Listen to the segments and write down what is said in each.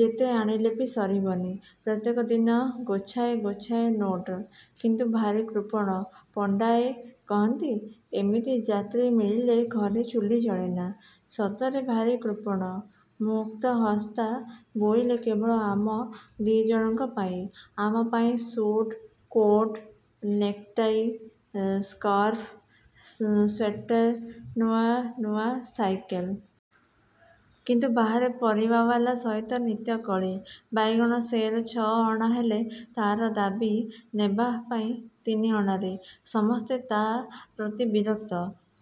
ଯେତେ ଆଣିଲେ ବି ସରିବନି। ପ୍ରତ୍ୟେକ ଦିନ ଗୋଛାଏ ଗୋଛାଏ ନୋଟ। କିନ୍ତୁ ଭାରି କୃପଣ। ପଣ୍ଡାଏ କହନ୍ତି, ଏମିତି ଯାତ୍ରୀ ମିଳିଲେ ଘରେ ଚୁଲି ଜଳେନା। ସତରେ ଭାରି କୃପଣ! ମୁକ୍ତହସ୍ତା ବୋଇଲେ କେବଳ ଆମ ଦି'ଜଣଙ୍କ ପାଇଁ। ଆମ ପାଇଁ suit, coat, necktie, scarf, sweater, ନୂଆ ନୂଆ ସାଇକେଲ। କିନ୍ତୁ ବାହାରେ ପରିବାୱାଲା ସହିତ ନିତ୍ୟକଳି। ବାଇଗଣ ସେର ଛଅ ଅଣା ହେଲେ ତାର ଦାବୀ ନେବା ପାଇଁ ତିନି ଅଣାରେ। ସମସ୍ତେ ତା ପ୍ରତି ବିରକ୍ତ,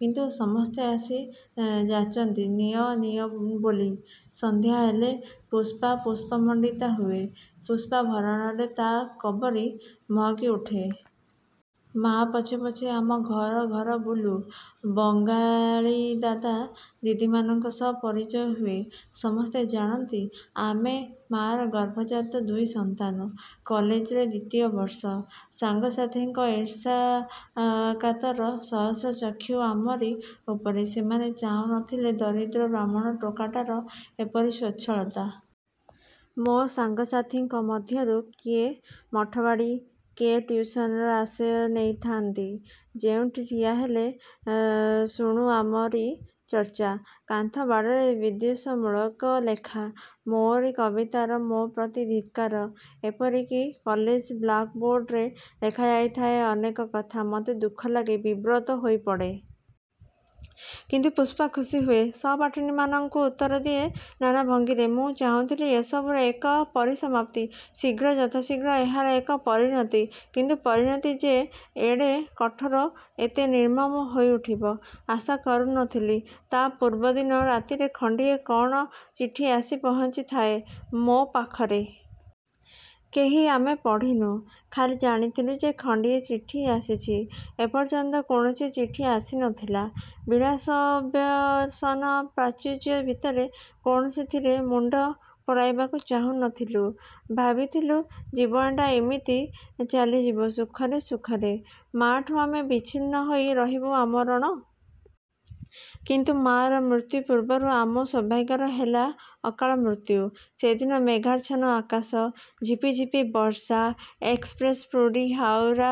କିନ୍ତୁ ସମସ୍ତେ ଆସି ଯାଚନ୍ତି ନିଅ ନିଅ ବୋଲି। ସନ୍ଧ୍ୟା ହେଲେ ପୁଷ୍ପା ପୁଷ୍ପମଣ୍ଡିତା ହୁଏ। ପୁଷ୍ପାଭରଣରେ ତା କବରୀ ମହକି ଉଠେ। ମା ପଛେ ପଛେ ଆମ ଘର ଘର ବୁଲୁ। ବଙ୍ଗାଳୀଦାଦା ଦିଦିମାନଙ୍କ ସହ ପରିଚୟ ହୁଏ। ସମସ୍ତେ ଜାଣନ୍ତି, ଆମେ ମା'ର ଗର୍ଭଜାତ ଦୁଇ ସନ୍ତାନ। କଲେଜରେ ଦ୍ୱିତୀୟ ବର୍ଷ। ସାଙ୍ଗସାଥିଙ୍କ ଈର୍ଷାକାତର ସହସ୍ର ଚକ୍ଷୁ ଆମରି ଉପରେ। ସେମାନେ ଚାହୁଁ ନ ଥିଲେ ଦରିଦ୍ର ବ୍ରାହ୍ମଣ ଟୋକାଟାର ଏପରି ସ୍ୱଚ୍ଛଳତା। ମୋ ସାଙ୍ଗସାଥିଙ୍କ ମଧ୍ୟରୁ କିଏ ମଠବାଡ଼ି, କିଏ ଟ୍ୟୁସନର ଆଶ୍ରୟ ନେଇଥାଆନ୍ତି। ଯେଉଁଠି ଠିଆହେଲେ ଶୁଣୁ ଆମରି ଚର୍ଚ୍ଚା। କାନ୍ଥ ବାଡ଼ରେ ବିଦ୍ୱେଷମୂଳକ ଲେଖା। ମୋରି କବିତାର ମୋ ପ୍ରତି ଧିକ୍କାର। ଏପରିକି କଲେଜ ବ୍ଲାକ୍‌ବୋର୍ଡରେ ଲେଖାଯାଇଥାଏ ଅନେକ କଥା। ମତେ ଦୁଃଖ ଲାଗେ। ବିବ୍ରତ ହୋଇପଡ଼େ। କିନ୍ତୁ ପୁଷ୍ପା ଖୁସି ହୁଏ। ସହପାଠିନୀମାନଙ୍କୁ ଉତ୍ତର ଦିଏ ନାନା ଭଙ୍ଗୀରେ। ମୁଁ ଚାହୁଁଥିଲି ଏସବୁର ଏକ ପରିସମାପ୍ତି। ଶୀଘ୍ର ଯଥାଶୀଘ୍ର ଏହାର ଏକ ପରିଣତି। କିନ୍ତୁ ପରିଣତି ଯେ ଏଡ଼େ କଠୋର, ଏତେ ନିର୍ମମ ହୋଇଉଠିବ, ଆଶା କରୁ ନ ଥିଲି! ତା ପୂର୍ବଦିନ ରାତିରେ ଖଣ୍ଡିଏ କ'ଣ ଚିଠି ଆସି ପହଞ୍ଚିଥାଏ ମୋ ପାଖରେ। କେହି ଆମେ ପଢ଼ିନୁ। ଖାଲି ଜାଣିଥିଲୁ ଯେ ଖଣ୍ଡିଏ ଚିଠି ଆସିଛି। ଏପର୍ଯ୍ୟନ୍ତ କୌଣସି ଚିଠି ଆସି ନ ଥିଲା। ବିଳାସବ୍ୟସନ ପ୍ରାଚୁର୍ଯ୍ୟ ଭିତରେ କୌଣସିଥିରେ ମୁଣ୍ଡ ପୂରାଇବାକୁ ଚାହୁଁ ନ ଥିଲୁ। ଭାବିଥିଲୁ ଜୀବନଟା ଏମିତି ଚାଲିଯିବ ସୁଖରେ ସୁଖରେ। ମା'ଠୁ ଆମେ ବିଚ୍ଛିନ୍ନ ହୋଇ ରହିବୁ ଆମରଣ। କିନ୍ତୁ ମା'ର ମୃତ୍ୟୁ ପୂର୍ବରୁ ଆମ ସୌଭାଗ୍ୟର ହେଲା ଅକାଳ ମୃତ୍ୟୁ। ସେଦିନ ମେଘାଚ୍ଛନ୍ନ ଆକାଶ। ଝିପି ଝିପି ବର୍ଷା। ଏକ୍ସପ୍ରେସ ପୁରୀ ହାଉରା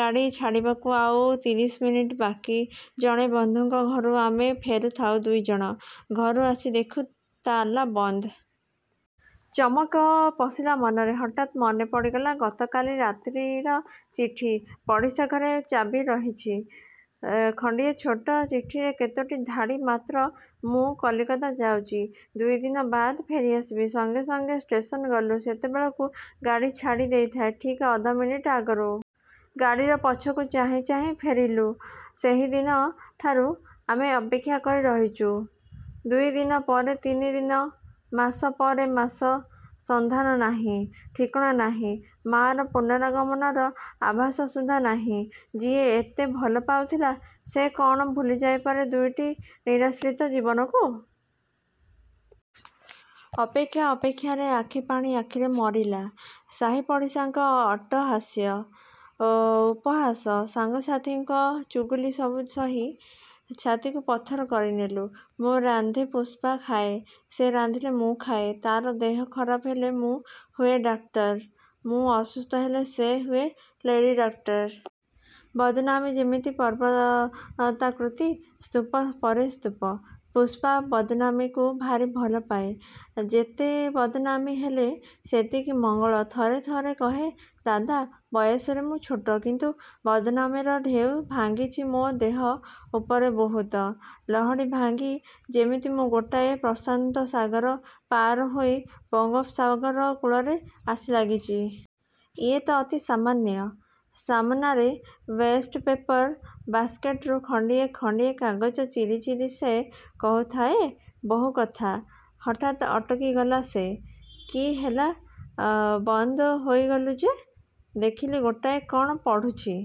ଗାଡ଼ି ଛାଡ଼ିବାକୁ ଆଉ ତିରିଶ ମିନିଟ ବାକୀ। ଜଣେ ବନ୍ଧୁଙ୍କ ଘରୁ ଆମେ ଫେରୁଥାଉ ଦୁଇଜଣ। ଘର ଆସି ଦେଖୁ, ତାଲା ବନ୍ଦ। ଚମକ ପଶିଲା ମନରେ। ହଠାତ୍ ମନେ ପଡ଼ିଗଲା ଗତକାଲି ରାତ୍ରିର ଚିଠି। ପଡ଼ିଶା ଘରେ ଚାବି ରହିଛି ଖଣ୍ଡିଏ ଛୋଟ ଚିଠିରେ କେତୋଟି ଧାଡ଼ି ମାତ୍ର। ମୁଁ କଲିକତା ଯାଉଚି, ଦୁଇଦିନ ବାଦ୍ ଫେରିଆସିବି। ସଙ୍ଗେ ସଙ୍ଗେ ଷ୍ଟେସନ ଗଲୁ। ସେତେବେଳକୁ ଗାଡ଼ି ଛାଡ଼ି ଦେଇଥାଏ ଠିକ୍ ଅଧ ମିନିଟ ଆଗରୁ। ଗାଡ଼ିର ପଛକୁ ଚାହିଁ ଚାହିଁ ଫେରିଲୁ। ସେହିଦିନଠାରୁ ଆମେ ଅପେକ୍ଷା କରି ରହିଚୁ। ଦୁଇ ଦିନପରେ ତିନି ଦିନ, ମାସ ପରେ ମାସ। ସନ୍ଧାନ ନାହିଁ, ଠିକଣା ନାହିଁ। ମା'ର ପୁନରାଗମନର ଆଭାସ ସୁଦ୍ଧା ନାହିଁ। ଯିଏ ଏତେ ଭଲ ପାଉଥିଲା, ସେ କ'ଣ ଭୁଲିଯାଇପାରେ ଦୁଇଟି ନିରାଶ୍ରିତ ଜୀବନକୁ? ଅପେକ୍ଷା ଅପେକ୍ଷାରେ ଆଖିପାଣି ଆଖିରେ ମରିଲା। ସାହିପଡ଼ିଶାଙ୍କ ଅଟ୍ଟହାସ୍ୟ, ଉପହାସ, ସାଙ୍ଗସାଥିଙ୍କ ଚୁଗୁଲି ସବୁ ସହି ଛାତିକୁ ପଥର କରିନେଲୁ। ମୁଁ ରାନ୍ଧେ, ପୁଷ୍ପା ଖାଏ; ସେ ରାନ୍ଧିଲେ ମୁଁ ଖାଏ। ତାର ଦେହ ଖରାପ ହେଲେ ମୁଁ ହୁଏ ଡାକ୍ତର। ମୁଁ ଅସୁସ୍ଥ ହେଲେ ସେ ହୁଏ ଲେଡି ଡକ୍ଟର। ବଦନାମି ଯେମିତି ପର୍ବତାକୃତି। ସ୍ତୂପ ପରେ ସ୍ତୂପ। ପୁଷ୍ପା ବଦନାମିକୁ ଭାରି ଭଲ ପାଏ। ଯେତେ ବଦନାମି ହେଲେ, ସେତିକି ମଙ୍ଗଳ। ଥରେ ଥରେ କହେ ଦାଦା, ବୟସରେ ମୁଁ ଛୋଟ; କିନ୍ତୁ ବଦନାମିର ଢେଉ ଭାଙ୍ଗିଚି ମୋ ଦେହ ଉପରେ ବୋହୁତ। ଲହଡ଼ି ଭାଙ୍ଗି ଯେମିତି ମୁଁ ଗୋଟାଏ ପ୍ରଶାନ୍ତସାଗର ପାରହୋଇ ବଙ୍ଗୋପସାଗର କୂଳରେ ଆସି ଲାଗିଚି। ଇଏ ତ ଅତି ସାମାନ୍ୟ। ସାମନାରେ ୱେଷ୍ଟ ପେପର ବାସ୍କେଟରୁ ଖଣ୍ଡିଏ ଖଣ୍ଡିଏ କାଗଜ ଚିରି ଚିରି ସେ କହୁଥାଏ ବହୁ କଥା। ହଠାତ୍ ଅଟକିଗଲା ସେ। କି ହେଲା, ବନ୍ଦ ହୋଇଗଲୁ ଯେ? ଦେଖିଲି ଗୋଟାଏ କ'ଣ ପଢ଼ୁଛି।